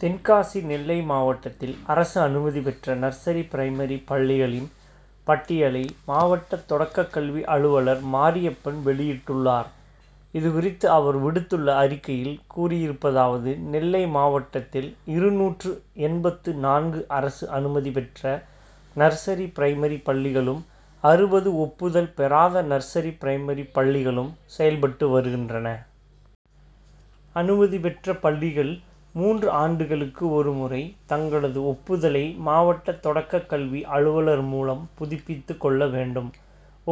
தென்காசி நெல்லை மாவட்டத்தில் அரசு அனுமதி பெற்ற நர்சரி பிரைமரி பள்ளிகளின் பட்டியலை மாவட்ட தொடக்கக்கல்வி அலுவலர் மாரியப்பன் வெளியிட்டுள்ளார். இதுகுறித்து அவர் விடுத்துள்ள அறிக்கையில் கூறியிருப்பதாவது நெல்லை மாவட்டத்தில் இருநூற்று எண்பத்து நான்கு அரசு அனுமதி பெற்ற நர்சரி பிரைமரி பள்ளிகளும் அறுபது ஒப்புதல் பெறாத நர்சரி பிரைமரி பள்ளிகளும் செயல்பட்டு வருகின்றன. அனுமதி பெற்ற பள்ளிகள் மூன்று ஆண்டுகளுக்கு ஒரு முறை தங்களது ஒப்புதலை மாவட்ட தொடக்கக்கல்வி அலுவலர் மூலம் புதுப்பித்து கொள்ள வேண்டும்.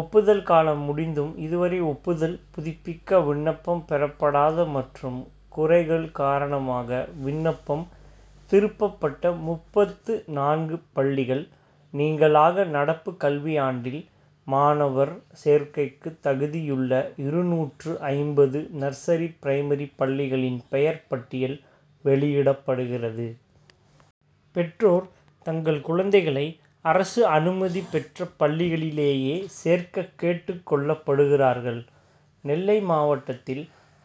ஒப்புதல் காலம் முடிந்தும் இதுவரை ஒப்புதல் புதுப்பிக்க விண்ணப்பம் பெறப்படாத மற்றும் குறைகள் காரணமாக விண்ணப்பம் திருப்பப்பட்ட முப்பத்து நான்கு பள்ளிகள் நீங்கலாக நடப்பு கல்வியாண்டில் மாணவர் சேர்க்கைக்கு தகுதியுள்ள இருநூற்று ஐம்பது நர்சரி பிரைமரி பள்ளிகளின் பெயர் பட்டியல் வெளியிடப்படுகிறது. பெற்றோர் தங்கள் குழந்தைகளை அரசு அனுமதி பெற்ற பள்ளிகளிலேயே சேர்க்க கேட்டுக் கொள்ளப்படுகிறார்கள். நெல்லை மாவட்டத்தில்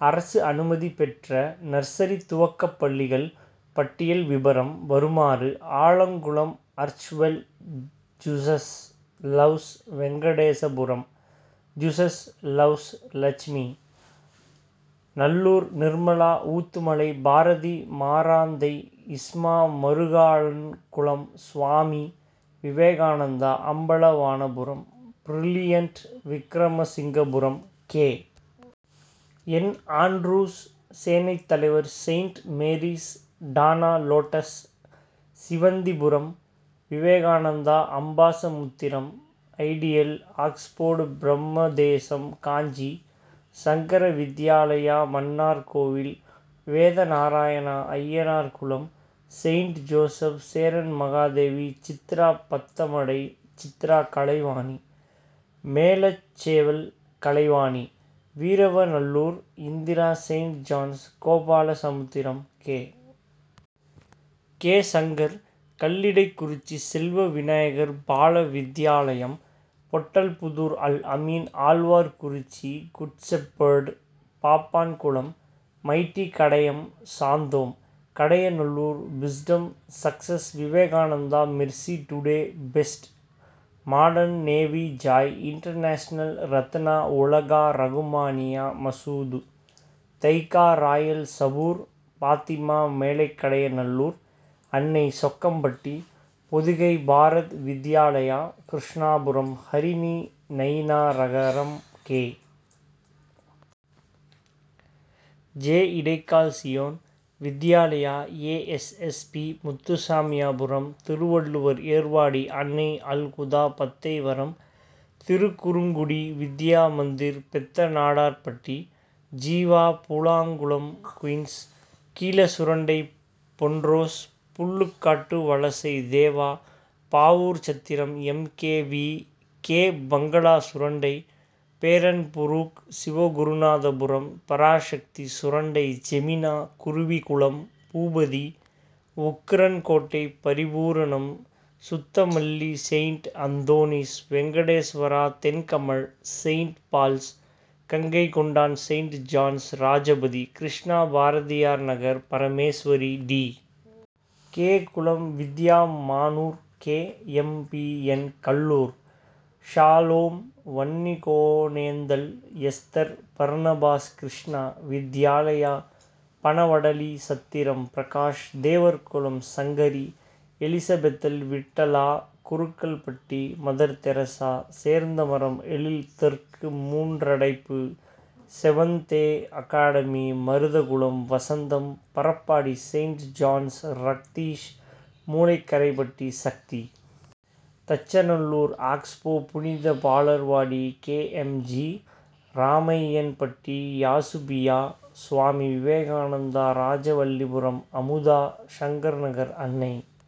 அரசு அனுமதி பெற்ற நர்சரி துவக்கப்பள்ளிகள் பட்டியல் விபரம் வருமாறு Alangulam அர்ச்வெல் Jesus loves Venkatesapuram Jesus loves Lakshmi Nallur Nirmala Oothumalai Bharathi Maranthai Isma Marukkalankulam Swami Vivekananda Ambalavanapuram brilliant Vikramasingapuram K. N. Andrews Senaithalaivar Saint Mary's டானா lotus Sivanthipuram Vivekananda Ambasamudram ideal Oxford Brahmadesam Kanchi Sankara Vidyalaya Mannarkovil Vedanarayana Ayyanarkulam Saint Joseph Cheranmahadevi Chitra Pathamadai Chitra Kalaivani. Melacheval Kalaivani Veeravanallur Indira Saint John's Gopalasamudram K. K. Shankar Kallidaikurichi Selva Vinayagar Balavidyalayam Pottalpudur Alameen Alwarkurichi Good Shepherd Pappankulam mighty Kadayam Santhome Kadayanallur wisdom success Vivekananda mercy today best modern navy joy international Ratna Ulaga Rahmaniya Masood Thaika royal Sabur Fathima Melakadayanallur Annai Chokkampatti Pothigai Bharat Vidyalaya Krishnapuram Harini Nainaragaram K. J. Idaikal Zion Vidyalaya A. S. S. P. Muthusamiyapuram Thiruvalluvar Ervadi Annai Alhuda பத்தை வரம் Thirukkurungudi Vidya Mandir Pethanadarpatti Jeeva Poolangulam queen's. Keezhasurandai பொன்ரோஸ் Pullukattuvalasai Deva Pavoorchatram M. K. V. K. Bangala Surandai பேரன்புரூக் Sivagurunathapuram Parasakthi Surandai ஜெமினா Kuruvikulam Boopathi Ukkirankottai Paripooranam Suthamalli saint Antony's Venkateswara Thenkamal saint Paul's Gangaikondan saint John's Rajapathi Krishna Bharathiyarnagar Parameswari T. K. Kulam Vidya Manur K. M. P. N. Kallur Shalom Vannikonendal Esther Barnabas Krishna Vidyalaya Panavadalichatram Prakash Devarkulam Sankari எலிசபெத்தல் Vittala Kurukkalpatti mother Teresa Sernthamaram Ezhil தெற்கு Moondradaippu seventh day academy Maruthakulam Vasantham Parappadi saint John's ரத்தீஸ் மூலைக்கரைப்பட்டி சக்தி. தச்சநல்லூர் ஆக்ஸ்போ புனித பாலர்வாடி K. M. G. Ramaiyanpatti யாசுபியா Swami Vivekananda Rajavallipuram Amudha Sankar Nagar அன்னை